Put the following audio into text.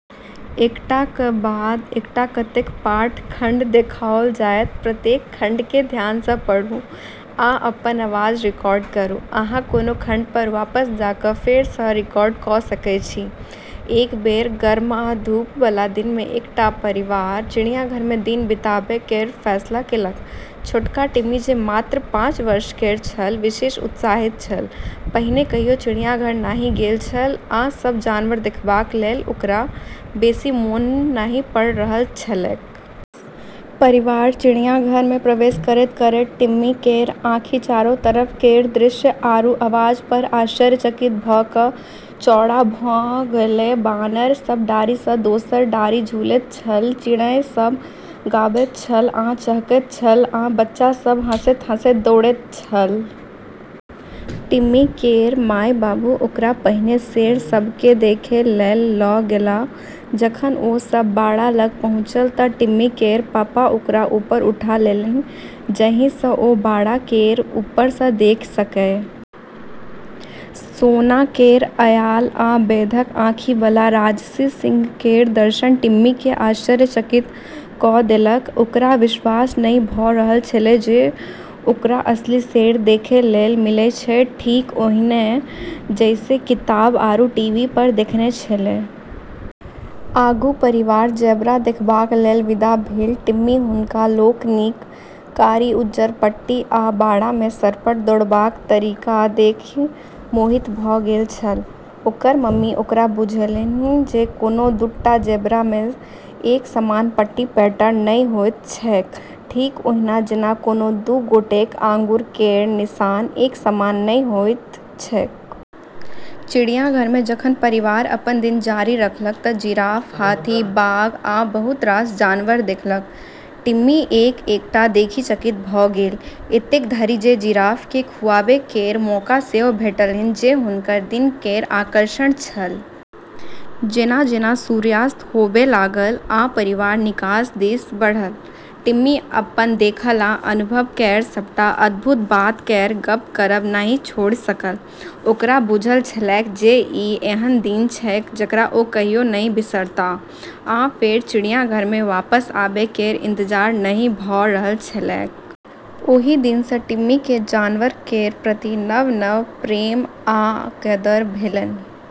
एक बेर गर्म आ धूप बला दिन मे एकटा परिवार चिड़ियाघर मे दिन बिताबै केर फैसला केलक। छोटका टिम्मी जे मात्र पाँच वर्ष केर छल, विशेष उत्साहित छल। पहिने कहियो चिड़ियाघर नहि गेल छल, आ सभ जानवर देखबाक लेल ओकरा बेसी मोन नहि पड़ि रहल छलैक। परिवार चिड़ियाघर मे प्रवेश करैत-करैत टिम्मी केर आँखि चारो तरफ केर दृश्य आरू आवाज पर आश्चर्यचकित भऽ कऽ चौड़ा भऽ गेलै। बानर सभ डारि सँ दोसर डारि झूलैत छल, चिड़ै सभ गाबैत छल आ चहकैत छल, आ बच्चा सभ हँसैत-हँसैत दौड़ैत छल। टिम्मी केर माय-बाबू ओकरा पहिने शेर सभ केँ देखै लेल लऽ गेलाह। जखन ओ सभ बाड़ा लग पहुँछल तँ टिम्मी केर पापा ओकरा ऊपर उठा लेलन्हि जाहि सँ ओ बाड़ा केर ऊपर सँ देखि सकए। सोना केर अयाल आ बेधक आँखि बला राजसी सिंह केर दर्शन टिम्मी केँ आश्चर्यचकित कऽ देलक। ओकरा विश्वास नहि भऽ रहल छेलै जे ओकरा असली शेर देखै लेल मिलै छै, ठीक ओहिने जइसे किताब आरू टीवी पर देखने छेलै। आगू परिवार ज़ेबरा देखबाक लेल विदा भेल। टिम्मी हुनका लोकनिक कारी-उज्जर पट्टी आ बाड़ा मे सरपट दौड़बाक तरीका देखि मोहित भऽ गेल छल। ओकर मम्मी ओकरा बुझौलन्हि जे कोनो दू टा ज़ेबरा मे एक समान पट्टी पैटर्न नहि होइत छैक, ठीक ओहिना जेना कोनो दू गोटेक आँगुर केर निशान एक समान नहि होइत छैक। चिड़ियाघर मे जखन परिवार अपन दिन जारी रखलक तँ जिराफ, हाथी, बाघ, आ बहुत रास जानवर देखलक। टिम्मी एक-एकटा देखि चकित भऽ गेल। एतेक धरि जे जिराफ केँ खुवाबै केर मौका सेहो भेटलन्हि जे हुनकर दिन केर आकर्षण छल। जेना-जेना सूर्यास्त होबै लागल आ परिवार निकास दिस बढ़ल, टिम्मी अपन देखल आ अनुभव केर सबटा अद्भुत बात केर गप्प करब नहि छोड़ि सकल। ओकरा बुझल छलैक जे ई एहन दिन छैक जकरा ओ कहियो नहि बिसरताह, आ फेर चिड़ियाघर मे वापस आबै केर इंतजार नहि भऽ रहल छलैक। ओहि दिन सँ टिम्मी केँ जानवर केर प्रति नव-नव प्रेम आ कदर भेलन्हि।